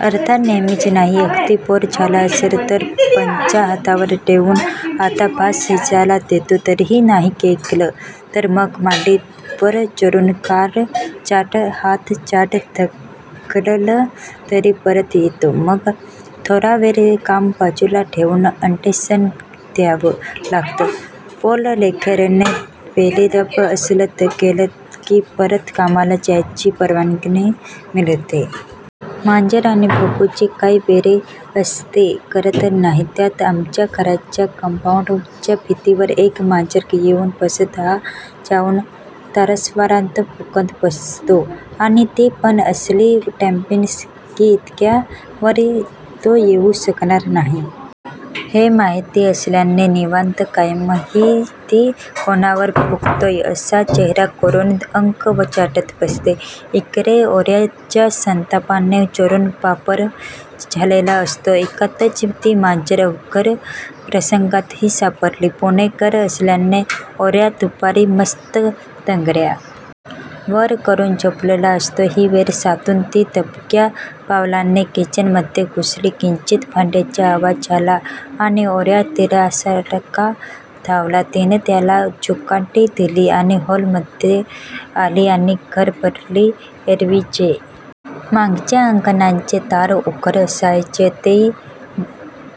अर्थात नेहमीच नाही, अगदी बोर झाला असेल, तर मग पंजा हातावर ठेऊन आता बास चा इशारा देतो, तरीही नाही ऐकलं तर मग मांडीवर चढून गाल चाट, हात चाट ढकललं तरी परत येतो मग थोडा वेळ काम बाजूला ठेऊन अटेंशन द्यावं लागतं, बॉल खेळणे, बेली रब असलं केलं की परत कामाला जायची परवानगी मिळते. मांजर आणि भुभु चे काय वैर असते कळत नाही त्यात आमच्या घराच्या कंपाउंड च्या भिंतीवर एक मांजर येऊन बसत हा जाऊन तारस्वरात भुंकत बसतो. आणि ती पण असली डॅम्बिस की इतक्या वर तो येऊ शकणार नाही. हे माहिती असल्याने निवांत कायमहिती कोणावर भुंकतोय असा चेहरा करून अंग चाटत बसते इकडे ओड्या चा संतापाने जळून पापड झालेला असतो. एकदाच ती मांजर अवघड प्रसंगात सापडली पुणेकर असल्याने ओड्या दुपारी मस्त तंगड्या वर करून झोपलेला असतो ही वेळ साधून ती दबक्या पावलाने किचन मध्ये घुसली किंचित भांड्याचा आवाज झाला आणि ओड्या तिरासारखा धावला तिने त्याला झुकांडी दिली आणि हॉल मध्ये आली आणि गडबडली एरवी जे मागच्या अंगणाचे दार उघड असायचं ते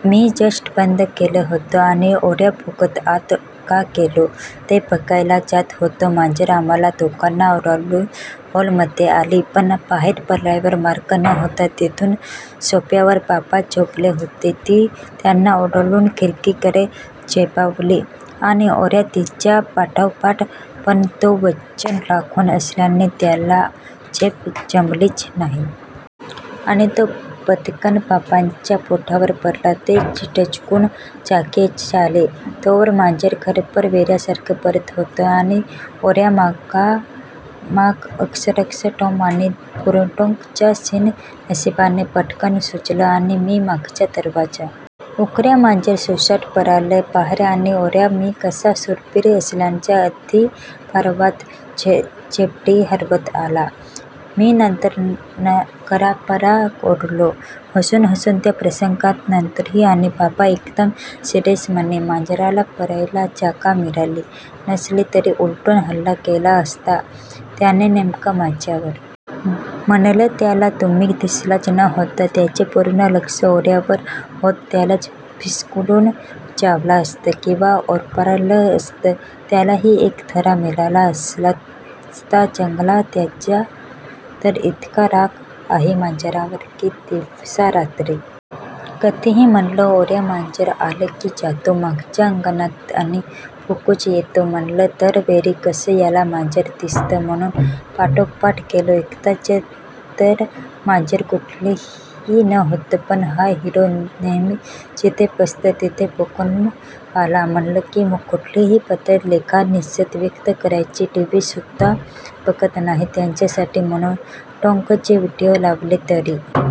मी जस्ट बंद केलं होतं आणि ओड्या भुंकत आत का गेलो ते बघायला जात होतो मांजर आम्हाला दोघांना ओलांडून हॉल मध्ये आली पण बाहेर पडायला मार्ग नव्हता तिथेच सोफ्यावर बाबा झोपले होते ती त्यांना ओलांडून खिडकीकडे झेपावली आणि ओड्या तिच्यापाठोपाठ पण तो वजन राखून असल्याने त्याला झेप जमलीच नाही. आणि तो बदकन बाबांच्या पोटावर पडला ते दचकून जागे झाले तोवर मांजर घरभर वेड्यासारखं पळत होत. आणि ओड्या मागोमाग अक्षरशः टॉम आणि ते बुलडॉग चा सिन नशिबाने पटकन सुचलं आणि मी मागचा दरवाजा उघडला मांजर सुसाट पळालं बाहेर आणि ओड्या मी कसा शूरबीर असल्याच्या अविर्भावात शेपटी हलवत आला मी तर नंतर गडाबडा लोळलो हसून हसून त्या प्रसंगानंतर आणि बाबा एकदम सिरीयस, म्हणे मांजराला पळायला जागा मिळाली नसती तर उलटून हल्ला केला असता त्याने नेमकं माझ्यावर. म्हणलं त्याला तुम्ही दिसलाच नव्हता, त्याचं पूर्ण लक्ष ओड्या वर होतं त्यालाच फिस्करून चावला असतं किंवा ओरबाडल असतं त्यालाही एक धडा मिळाला असता चांगला त्याचा तर इतका राग आहे मांजरावर की दिवसा रात्री कधीही म्हणलं, ओड्या मांजर आलं की जातो मागच्या अंगणात आणि भुंकून येतो म्हणलं दर वेळी कसं याला मांजर दिसतं म्हणून पाठोपाठ गेलो एकदा तर मांजर कुठंही नव्हतं पण हा हिरो ते नेहमी जिथं बसतं तिथे बघून भुंकून आला म्हणलं की कुठली पद्धत लेका निषेध व्यक्त करायची टीव्ही सुद्धा बघत नाही. त्याच्यासाठी म्हणून डॉग चे व्हीडिओ लावले तरी,--